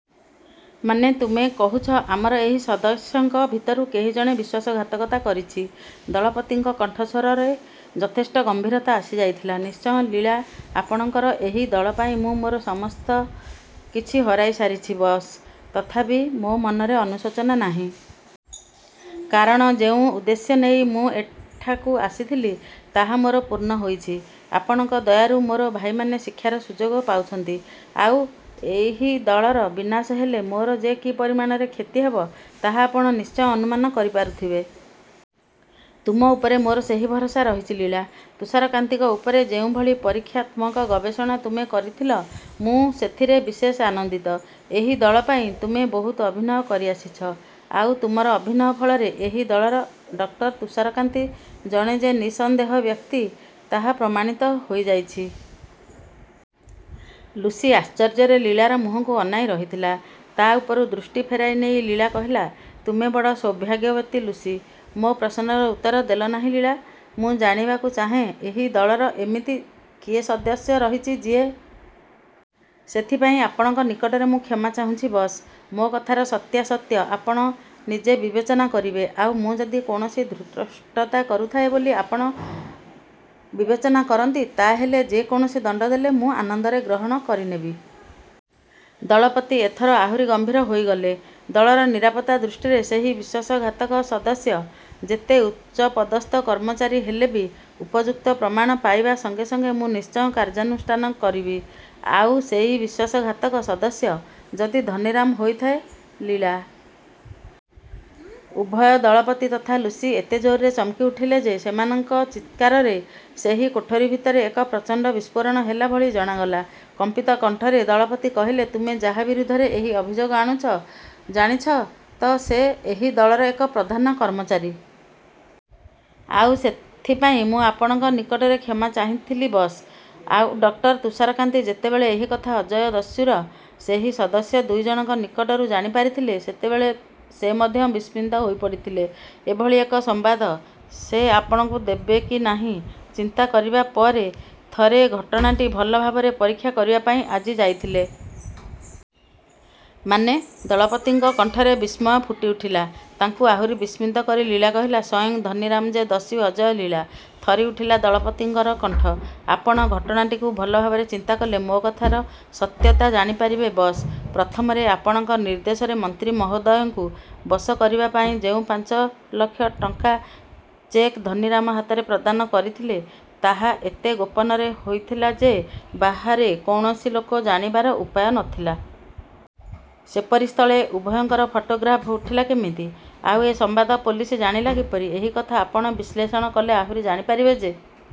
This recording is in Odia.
ମାନେ ତୁମେ କହୁଛ ଆମର ଏହି ସଦସ୍ୟଙ୍କ ଭିତରୁ କେହି ଜଣେ ବିଶ୍ୱାସଘାତକତା କରିଛି? ଦଳପତିଙ୍କ କଣ୍ଠସ୍ୱରରେ ଯଥେଷ୍ଟ ଗମ୍ଭୀରତା ଆସିଯାଇଥିଲା। ନିଶ୍ଚୟ ଲୀଳା ଆପଣଙ୍କର ଏହି ଦଳ ପାଇଁ ମୁଁ ମୋର ସମସ୍ତ କିଛି ହରାଇସାରିଛି ବସ୍। ତଥାପି ମୋ ମନରେ ଅନୁଶୋଚନା ନାହିଁ। କାରଣ ଯେଉଁ ଉଦ୍ଦେଶ୍ୟ ନେଇ ମୁଁ ଏଠାକୁ ଆସିଥିଲି ତାହା ମୋର ପୂର୍ଣ୍ଣ ହୋଇଛି। ଆପଣଙ୍କ ଦୟାରୁ ମୋର ଭାଇମାନେ ଶିକ୍ଷାର ସୁଯୋଗ ପାଉଛନ୍ତି। ଆଉ ଏହି ଦଳର ବିନାଶ ହେଲେ ମୋର ଯେ କି ପରିମାଣରେ କ୍ଷତି ହେବ ତାହା ଆପଣ ନିଶ୍ଚୟ ଅନୁମାନ କରିପାରୁଥିବେ। ତୁମ ଉପରେ ମୋର ସେହି ଭରସା ରହିଛି ଲୀଳା। ତୁଷାରକାନ୍ତିଙ୍କ ଉପରେ ଯେଉଁଭଳି ପରୀକ୍ଷାତ୍ମକ ଗବେଷଣା ତୁମେ କରିଥିଲ ମୁଁ ସେଥିରେ ବିଶେଷ ଆନନ୍ଦିତ। ଏହି ଦଳ ପାଇଁ ତୁମେ ବହୁତ ଅଭିନୟ କରିଆସିଛ। ଆଉ ତୁମର ଅଭିନୟ ଫଳରେ ଏହି ଦଳର ଡକ୍ଟର ତୁଷାରକାନ୍ତି ଜଣେ ଯେ ନିଃସନ୍ଦେହ ବ୍ୟକ୍ତି ତାହା ପ୍ରମାଣିତ ହୋଇଯାଇଛି। ଲୁସି ଆଶ୍ଚର୍ଯ୍ୟରେ ଲୀଳାର ମୁହଁକୁ ଅନାଇ ରହିଥିଲା। ତା’ ଉପରୁ ଦୃଷ୍ଟି ଫେରାଇ ନେଇ ଲୀଳା କହିଲା ତୁମେ ବଡ଼ ସୌଭାଗ୍ୟବତୀ ଲୁସି! ମୋ ପ୍ରଶ୍ନର ଉତ୍ତର ଦେଲ ନାହିଁ ଲୀଳା! ମୁଁ ଜାଣିବାକୁ ଚାହେଁ ଏହି ଦଳର ଏମିତି କିଏ ସଦସ୍ୟ ରହିଛି ଯିଏ... ସେଥିପାଇଁ ଆପଣଙ୍କ ନିକଟରେ ମୁଁ କ୍ଷମା ଚାହୁଁଛି ବସ୍। ମୋ କଥାର ସତ୍ୟାସତ୍ୟ ଆପଣ ନିଜେ ବିବେଚନା କରିବେ। ଆଉ ମୁଁ ଯଦି କୌଣସି ଧୃଷ୍ଟତା କରୁଥାଏ ବୋଲି ଆପଣ ବିବେଚନା କରନ୍ତି ତା’ ହେଲେ ଯେ କୌଣସି ଦଣ୍ଡ ଦେଲେ ମୁଁ ଆନନ୍ଦରେ ଗ୍ରହଣ କରିନେବି। ଦଳପତି ଏଥର ଆହୁରି ଗମ୍ଭୀର ହୋଇଗଲେ। ଦଳର ନିରାପତ୍ତା ଦୃଷ୍ଟିରେ ସେହି ବିଶ୍ୱାସଘାତକ ସଦସ୍ୟ ଯେତେ ଉଚ୍ଚପଦସ୍ଥ କର୍ମଚାରୀ ହେଲେ ବି ଉପଯୁକ୍ତ ପ୍ରମାଣ ପାଇବା ସଙ୍ଗେ ସଙ୍ଗେ ମୁଁ ନିଶ୍ଚୟ କାର୍ଯ୍ୟାନୁଷ୍ଠାନ କରିବି। ଆଉ ସେହି ବିଶ୍ୱାସଘାତକ ସଦସ୍ୟ ଯଦି ଧନୀରାମ ହୋଇଥାଏ? ଲୀଳା! ଉଭୟ ଦଳପତି ତଥା ଲୁସି ଏତେ ଜୋରରେ ଚମକିଉଠିଲେ ଯେ ସେମାନଙ୍କ ଚିତ୍କାରରେ ସେହି କୋଠରି ଭିତରେ ଏକ ପ୍ରଚଣ୍ଡ ବିସ୍ଫୋରଣ ହେଲା ଭଳି ଜଣାଗଲା। କମ୍ପିତ କଣ୍ଠରେ ଦଳପତି କହିଲେ ତୁମେ ଯାହା ବିରୁଦ୍ଧରେ ଏହି ଅଭିଯୋଗ ଆଣୁଛ ଜାଣିଛ ତ ସେ ଏହି ଦଳର ଏକ ପ୍ରଧାନ କର୍ମଚାରୀ! ଆଉ ସେଥିପାଇଁ ମୁଁ ଆପଣଙ୍କ ନିକଟରେ କ୍ଷମା ଚାହିଁଥିଲି ବସ୍। ଆଉ ଡକ୍ଟର ତୁଷାରକାନ୍ତି ଯେତେବେଳେ ଏହି କଥା ଅଜୟ ଦସ୍ୟୁର ସେହି ସଦସ୍ୟ ଦୁଇ ଜଣଙ୍କ ନିକଟରୁ ଜାଣିପାରିଥିଲେ ସେତେବେଳେ ସେ ମଧ୍ୟ ବିସ୍ମିତ ହୋଇପଡ଼ିଥିଲେ। ଏଭଳି ଏକ ସମ୍ବାଦ ସେ ଆପଣଙ୍କୁ ଦେବେ କି ନାହିଁ ଚିନ୍ତା କରିବା ପରେ ଥରେ ଘଟଣାଟି ଭଲ ଭାବରେ ପରୀକ୍ଷା କରିବା ପାଇଁ ଆଜି ଯାଇଥିଲେ। ମାନେ? ଦଳପତିଙ୍କ କଣ୍ଠରେ ବିସ୍ମୟ ଫୁଟିଉଠିଲା। ତାଙ୍କୁ ଆହୁରି ବିସ୍ମିତ କରି ଲୀଳା କହିଲା ସ୍ୱୟଂ ଧନୀରାମ ଯେ ଦସ୍ୟୁ ଅଜୟ ଲୀଳା! ଥରିଉଠିଲା ଦଳପତିଙ୍କର କଣ୍ଠ। ଆପଣ ଘଟଣାଟିକୁ ଭଲ ଭାବରେ ଚିନ୍ତା କଲେ ମୋ କଥାର ସତ୍ୟତା ଜାଣିପାରିବେ ବସ୍। ପ୍ରଥମରେ ଆପଣଙ୍କ ନିର୍ଦ୍ଦେଶରେ ମନ୍ତ୍ରୀ ମହୋଦୟଙ୍କୁ ବଶ କରିବା ପାଇଁ ଯେଉଁ ପାଞ୍ଚ ଲକ୍ଷ ଟଙ୍କାର ଚେକ୍ ଧନୀରାମ ହାତରେ ପ୍ରଦାନ କରିଥିଲେ ତାହା ଏତେ ଗୋପନରେ ହୋଇଥିଲା ଯେ ବାହାରେ କୌଣସି ଲୋକ ଜାଣିବାର ଉପାୟ ନ ଥିଲା। ସେପରି ସ୍ଥଳେ ଉଭୟଙ୍କର ଫଟୋଗ୍ରାଫ୍ ଉଠିଲା କେମିତି? ଆଉ ଏ ସମ୍ବାଦ ପୋଲିସ ଜାଣିଲା କିପରି? ଏହି କଥା ଆପଣ ବିଶ୍ଳେଷଣ କଲେ ଆହୁରି ଜାଣିପାରିବେ ଯେ